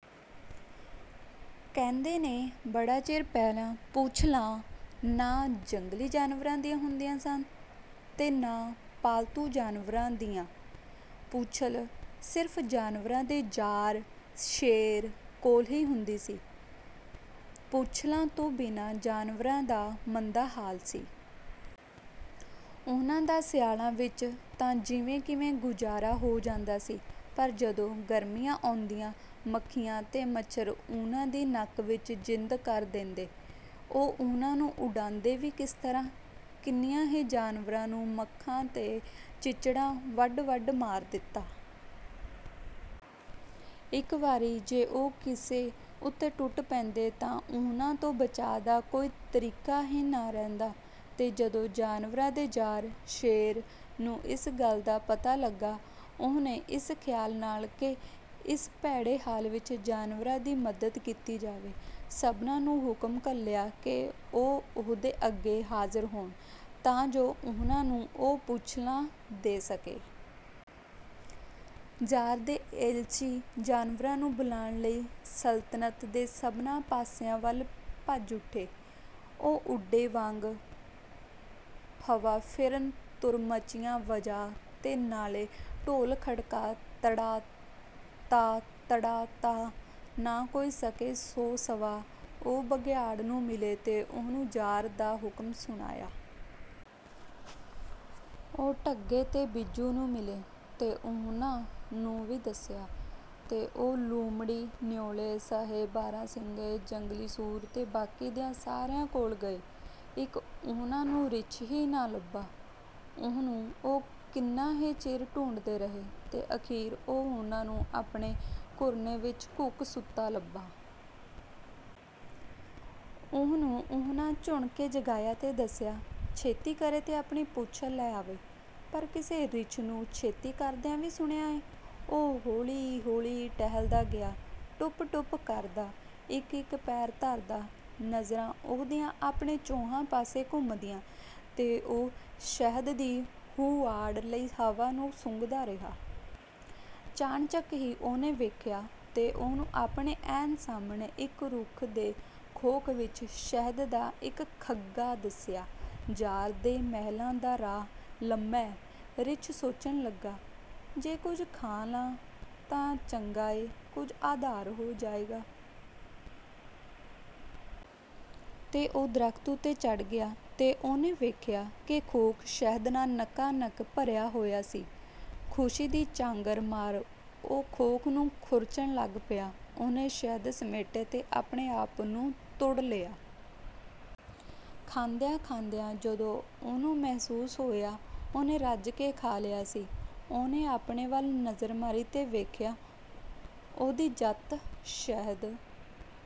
ਕਹਿੰਦੇ ਨੇ, ਬੜਾ ਚਿਰ ਪਹਿਲਾਂ ਪੂਛਲਾਂ ਨਾ ਜੰਗਲੀ ਜਾਨਵਰਾਂ ਦੀਆਂ ਹੁੰਦੀਆਂ ਸਨ ਤੇ ਨਾ ਪਾਲਤੂ ਜਾਨਵਰਾਂ ਦੀਆਂ। ਪੂਛਲ ਸਿਰਫ਼ ਜਾਨਵਰਾਂ ਦੇ ਜ਼ਾਰ, ਸ਼ੇਰ, ਕੋਲ ਹੀ ਹੁੰਦੀ ਸੀ। ਪੂਛਲਾਂ ਤੋਂ ਬਿਨਾਂ ਜਾਨਵਰਾਂ ਦਾ ਮੰਦਾ ਹਾਲ ਸੀ। ਉਹਨਾਂ ਦਾ ਸਿਆਲਾਂ ਵਿੱਚ ਤਾਂ ਜਿਵੇਂ-ਕਿਵੇਂ ਗੁਜ਼ਾਰਾ ਹੋ ਜਾਂਦਾ ਸੀ, ਪਰ ਜਦੋਂ ਗਰਮੀਆਂ ਆਉਂਦੀਆਂ, ਮੱਖੀਆਂ ਤੇ ਮੱਛਰ ਉਹਨਾਂ ਦੀ ਨੱਕ ਵਿੱਚ ਜਿੰਦ ਕਰ ਦੇਂਦੇ! ਉਹ ਉਹਨਾਂ ਨੂੰ ਉਡਾਂਦੇ ਵੀ ਕਿਸ ਤਰ੍ਹਾਂ? ਕਿੰਨਿਆਂ ਹੀ ਜਾਨਵਰਾਂ ਨੂੰ ਮੱਖਾਂ ਤੇ ਚਿੱਚੜਾਂ ਵੱਢ-ਵੱਢ ਮਾਰ ਦਿੱਤਾ! ਇੱਕ ਵਾਰੀ ਜੇ ਉਹ ਕਿਸੇ ਉਤੇ ਟੁੱਟ ਪੈਂਦੇ, ਤਾਂ ਉਹਨਾਂ ਤੋਂ ਬਚਾਅ ਦਾ ਕੋਈ ਤਰੀਕਾ ਹੀ ਨਾ ਰਹਿੰਦਾ। ਤੇ ਜਦੋਂ ਜਾਨਵਰਾਂ ਦੇ ਜ਼ਾਰ, ਸ਼ੇਰ, ਨੂੰ ਇਸ ਗੱਲ ਦਾ ਪਤਾ ਲੱਗਾ, ਉਹਨੇ ਇਸ ਖ਼ਿਆਲ ਨਾਲ ਕਿ ਇਸ ਭੈੜੇ ਹਾਲ ਵਿੱਚ ਜਾਨਵਰਾਂ ਦੀ ਮਦਦ ਕੀਤੀ ਜਾਵੇ, ਸਭਨਾਂ ਨੂੰ ਹੁਕਮ ਘੱਲਿਆ ਕਿ ਉਹ ਉਹਦੇ ਅੱਗੇ ਹਾਜ਼ਰ ਹੋਣ, ਤਾਂ ਜੋ ਉਹਨਾਂ ਨੂੰ ਉਹ ਪੂਛਲਾਂ ਦੇ ਸਕੇ। ਜ਼ਾਰ ਦੇ ਏਲਚੀ ਜਾਨਵਰਾਂ ਨੂੰ ਬੁਲਾਣ ਲਈ ਸਲਤਨਤ ਦੇ ਸਭਨਾਂ ਪਾਸਿਆਂ ਵੱਲ ਭੱਜ ਉੱਠੇ। ਉਹ ਉੱਡੇ ਵਾਂਗ ਹਵਾ, ਫਿਰਨ ਤੁਰਮਚੀਆਂ ਵਜਾ, ਤੇ ਨਾਲੇ ਢੋਲ ਖੜਕਾ, ਤੜਾ-ਤਾ, ਤੜਾ-ਤਾ! ਨਾ ਕੋਈ ਸਕੇ ਸੌ ਸਵਾ। ਉਹ ਬਘਿਆੜ ਨੂੰ ਮਿਲੇ ਤੇ ਉਹਨੂੰ ਜ਼ਾਰ ਦਾ ਹੁਕਮ ਸੁਣਾਇਆ। ਉਹ ਢੱਗੇ ਤੇ ਬਿੱਜੂ ਨੂੰ ਮਿਲੇ, ਤੇ ਉਹਨਾਂ ਨੂੰ ਵੀ ਦੱਸਿਆ। ਤੇ ਉਹ ਲੂੰਮੜੀ, ਨਿਉਲੇ, ਸਹੇ, ਬਾਰਾਂ-ਸਿੰਙੇ, ਜੰਗਲੀ ਸੂਰ ਤੇ ਬਾਕੀ ਦਿਆਂ ਸਾਰਿਆਂ ਕੋਲ ਗਏ। ਇੱਕ ਉਹਨਾਂ ਨੂੰ ਰਿੱਛ ਹੀ ਨਾ ਲੱਭਾ। ਉਹਨੂੰ ਉਹ ਕਿੰਨਾ ਹੀ ਚਿਰ ਢੂੰਡਦੇ ਰਹੇ, ਤੇ ਅਖ਼ੀਰ ਉਹ ਉਹਨਾਂ ਨੂੰ ਆਪਣੇ ਘੁਰਨੇ ਵਿੱਚ ਘੂਕ ਸੁੱਤਾ ਲੱਭਾ। ਉਹਨੂੰ ਉਹਨਾਂ ਝੂਣ ਕੇ ਜਗਾਇਆ ਤੇ ਦੱਸਿਆ, ਛੇਤੀ ਕਰੇ ਤੇ ਆਪਣੀ ਪੂਛਲ ਲੈ ਆਵੇ। ਪਰ ਕਿਸੇ ਰਿੱਛ ਨੂੰ ਛੇਤੀ ਕਰਦਿਆਂ ਵੀ ਸੁਣਿਆ ਏਂ! ਉਹ ਹੌਲੀ-ਹੌਲੀ ਟਹਿਲਦਾ ਗਿਆ, ਟੁਪ-ਟੁਪ ਕਰਦਾ, ਇੱਕ-ਇੱਕ ਪੈਰ ਧਰਦਾ; ਨਜ਼ਰਾਂ ਉਹਦੀਆਂ ਆਪਣੇ ਚੌਹਾਂ ਪਾਸੇ ਘੁੰਮਦੀਆਂ, ਤੇ ਉਹ ਸ਼ਹਿਦ ਦੀ ਹੁਆੜ ਲਈ ਹਵਾ ਨੂੰ ਸੁੰਘਦਾ ਰਿਹਾ। ਚਾਣਚਕ ਹੀ ਉਹਨੇ ਵੇਖਿਆ, ਤੇ ਉਹਨੂੰ ਆਪਣੇ ਐਨ ਸਾਹਮਣੇ, ਇਕ ਰੁੱਖ ਦੇ ਖੋਖ ਵਿੱਚ, ਸ਼ਹਿਦ ਦਾ ਇੱਕ ਖੱਗਾ ਦਿਸਿਆ। "ਜ਼ਾਰ ਦੇ ਮਹਿਲਾਂ ਦਾ ਰਾਹ ਲੰਮੈਂ," ਰਿੱਛ ਸੋਚਣ ਲੱਗਾ। "ਜੇ ਕੁਝ ਖਾ ਲਾਂ, ਤਾਂ ਚੰਗਾ ਏ, ਕੁਝ ਆਧਾਰ ਹੋ ਜਾਏਗਾ।" ਤੇ ਉਹ ਦਰਖ਼ਤ ਉਤੇ ਚੜ੍ਹ ਗਿਆ ਤੇ ਉਹਨੇ ਵੇਖਿਆ ਕਿ ਖੋਖ ਸ਼ਹਿਦ ਨਾਲ ਨਕਾ-ਨਕ ਭਰਿਆ ਹੋਇਆ ਸੀ! ਖੁਸ਼ੀ ਦੀ ਚਾਂਗਰ ਮਾਰ ਉਹ ਖੋਖ ਨੂੰ ਖੁਰਚਣ ਲੱਗ ਪਿਆ। ਉਹਨੇ ਸ਼ਹਿਦ ਸਮੇਟਿਆ ਤੇ ਆਪਣੇ ਆਪ ਨੂੰ ਤੂੜ ਲਿਆ। ਖਾਂਦਿਆਂ-ਖਾਂਦਿਆਂ ਜਦੋਂ ਉਹਨੂੰ ਮਹਿਸੂਸ ਹੋਇਆ, ਉਹਨੇ ਰੱਜ ਕੇ ਖਾ ਲਿਆ ਸੀ, ਉਹਨੇ ਆਪਣੇ ਵੱਲ ਨਜ਼ਰ ਮਾਰੀ ਤੇ ਵੇਖਿਆ, ਉਹਦੀ ਜੱਤ ਸ਼ਹਿਦ